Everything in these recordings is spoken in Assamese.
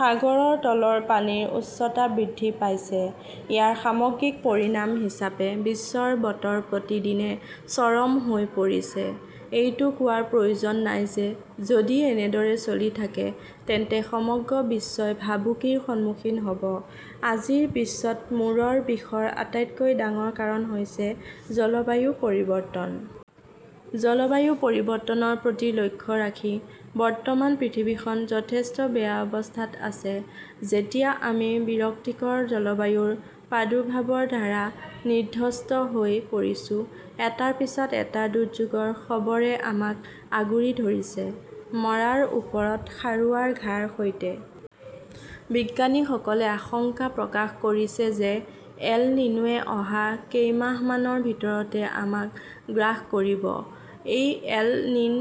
সাগৰৰ তলৰ পানীৰ উচ্চতা বৃদ্ধি পাইছে। ইয়াৰ সামগ্ৰিক পৰিণাম হিচাপে, বিশ্বৰ বতৰ প্ৰতিদিনে 'চৰম "হৈ পৰিছে। এইটো কোৱাৰ প্ৰয়োজন নাই যে যদি এনেদৰে চলি থাকে তেন্তে সমগ্ৰ বিশ্বই ভাবুকিৰ সন্মুখীন হ 'ব। আজিৰ বিশ্বত মূৰৰ বিষৰ আটাইতকৈ ডাঙৰ কাৰণ হৈছে 'জলবায়ু পৰিৱৰ্তন "। জলবায়ু পৰিৱৰ্তনৰ প্ৰতি লক্ষ্য ৰাখি বৰ্তমান পৃথিৱীখন যথেষ্ট বেয়া অৱস্থাত আছে। যেতিয়া আমি বিৰক্তিকৰ জলবায়ুৰ প্ৰাদুৰ্ভাৱৰ দ্বাৰা বিধ্বস্ত হৈ পৰিছো, এটাৰ পিছত এটা দুৰ্যোগৰ খবৰে আমাক আগুৰি ধৰিছে, মাৰাৰ ওপৰত খাৰুৱাৰ ঘাঁৰ সৈতে! বিজ্ঞানীসকলে আশংকা প্ৰকাশ কৰিছে যে এল নিনোৱে অহা কেইমাহমানৰ ভিতৰতে আমাক গ্ৰাস কৰিব। এই এল নিন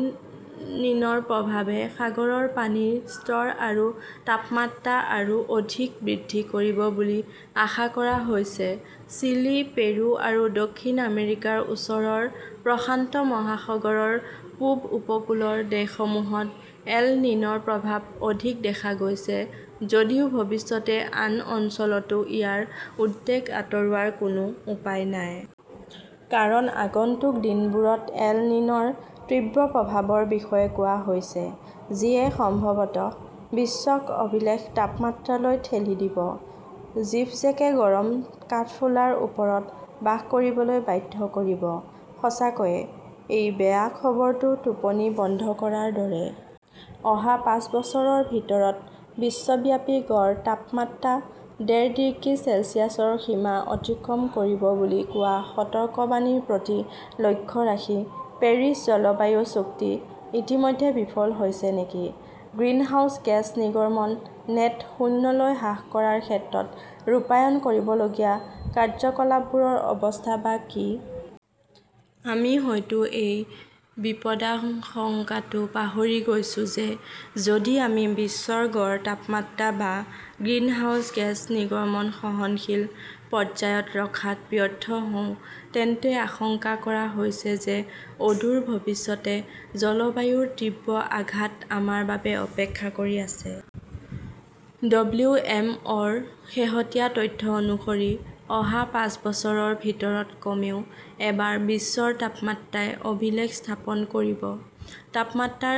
"ৰ প্ৰভাৱে সাগৰৰ পানীৰ স্তৰ আৰু তাপমাত্ৰা আৰু অধিক বৃদ্ধি কৰিব বুলি আশা কৰা হৈছে। চিলি, পেৰু আৰু দক্ষিণ আমেৰিকাৰ ওচৰৰ প্ৰশান্ত মহাসাগৰৰ পূব উপকূলৰ দেশসমূহত এল নিন "ৰ প্ৰভাৱ অধিক দেখা গৈছে যদিও ভৱিষ্যতে আন অঞ্চলতো ইয়াৰ উদ্বেগ আঁতৰোৱাৰ কোনো উপায় নাই! কাৰণ, আগন্তুক দিনবোৰত এল নিন "ৰ তীব্ৰ প্ৰভাৱৰ বিষয়ে কোৱা হৈছে, যিয়ে সম্ভৱতঃ বিশ্বক অভিলেখ তাপমাত্ৰালৈ ঠেলি দিব। জিভজেকে গৰম কাঠফুলাৰ ওপৰত বাস কৰিবলৈ বাধ্য কৰিব। সঁচাকৈয়ে, এই বেয়া খবৰটো টোপনি বন্ধ কৰাৰ দৰে! অহা পাঁচ বছৰৰ ভিতৰত বিশ্বব্যাপী গড় তাপমাত্ৰা ডেৰ ডিগ্ৰী চেলছিয়াছৰ সীমা অতিক্ৰম কৰিব বুলি কোৱা সতৰ্কবাণীৰ প্ৰতি লক্ষ্য ৰাখি, 'পেৰিছ জলবায়ু চুক্তি' ইতিমধ্যে বিফল হৈছে নেকি? গ্ৰীণহাউছ গেছ নিৰ্গমন নেট শূন্যলৈ হ্ৰাস কৰাৰ ক্ষেত্ৰত ৰূপায়ণ কৰিবলগীয়া কাৰ্যকলাপবোৰৰ অৱস্থা-বা কি? আমি হয়তো এই বিপদাশংকাটো পাহৰি গৈছো যে যদি আমি বিশ্বৰ গড় তাপমাত্ৰা বা গ্ৰিনহাউজ গেছ নিৰ্গমন সহনশীল পৰ্যায়ত ৰখাত ব্যৰ্থ হওঁ, তেন্তে আশংকা কৰা হৈছে যে অদূৰ ভৱিষ্যতে 'জলবায়ুৰ তীব্ৰ আঘাত "আমাৰ বাবে অপেক্ষা কৰি আছে। ডব্লিউ. এম. অ '. -ৰ শেহতীয়া তথ্য অনুসৰি অহা পাঁচ বছৰৰ ভিতৰত কমেও এবাৰ বিশ্বৰ তাপমাত্ৰাই' অভিলেখ "স্থাপন কৰিব! তাপমাত্ৰাৰ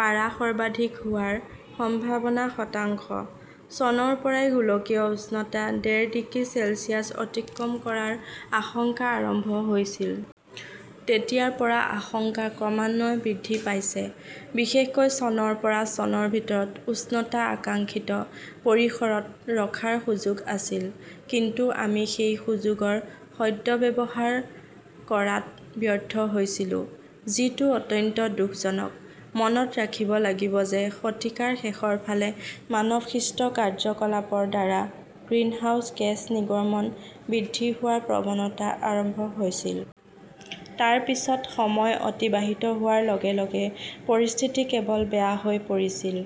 পাৰা সৰ্বাধিক হোৱাৰ সম্ভাৱনা শতাংশ! চনৰ পৰাই গোলকীয় উষ্ণতা ডেৰ ডিগ্ৰী চেলছিয়াছ অতিক্ৰম কৰাৰ আশংকা আৰম্ভ হৈছিল। তেতিয়াৰ পৰা আশংকা ক্ৰমান্বয়ে বৃদ্ধি পাইছে। বিশেষকৈ চনৰ পৰা চনৰ ভিতৰত উষ্ণতা আকাংক্ষিত পৰিসৰত ৰখাৰ সুযোগ আছিল, কিন্তু আমি সেই সুযোগৰ সদ্ব্যৱহাৰ কৰাত ব্যৰ্থ হৈছিলো, যিটো অত্যন্ত দুখজনক। মনত ৰাখিব লাগিব যে শতিকাৰ শেষৰ ফালে মানৱসৃষ্ট কাৰ্যকলাপৰ দ্বাৰা গ্ৰীণহাউছ গেছ নিৰ্গমন বৃদ্ধি হোৱাৰ প্ৰৱণতা আৰম্ভ হৈছিল। তাৰ পিছত সময় অতিবাহিত হোৱাৰ লগে লগে পৰিস্থিতি কেৱল বেয়া হৈ পৰিছিল।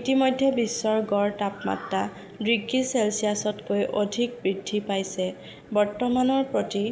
ইতিমধ্যে বিশ্বৰ গড় তাপমাত্ৰা ডিগ্ৰী চেলছিয়াছতকৈ অধিক বৃদ্ধি পাইছে। বৰ্তমান প্ৰতি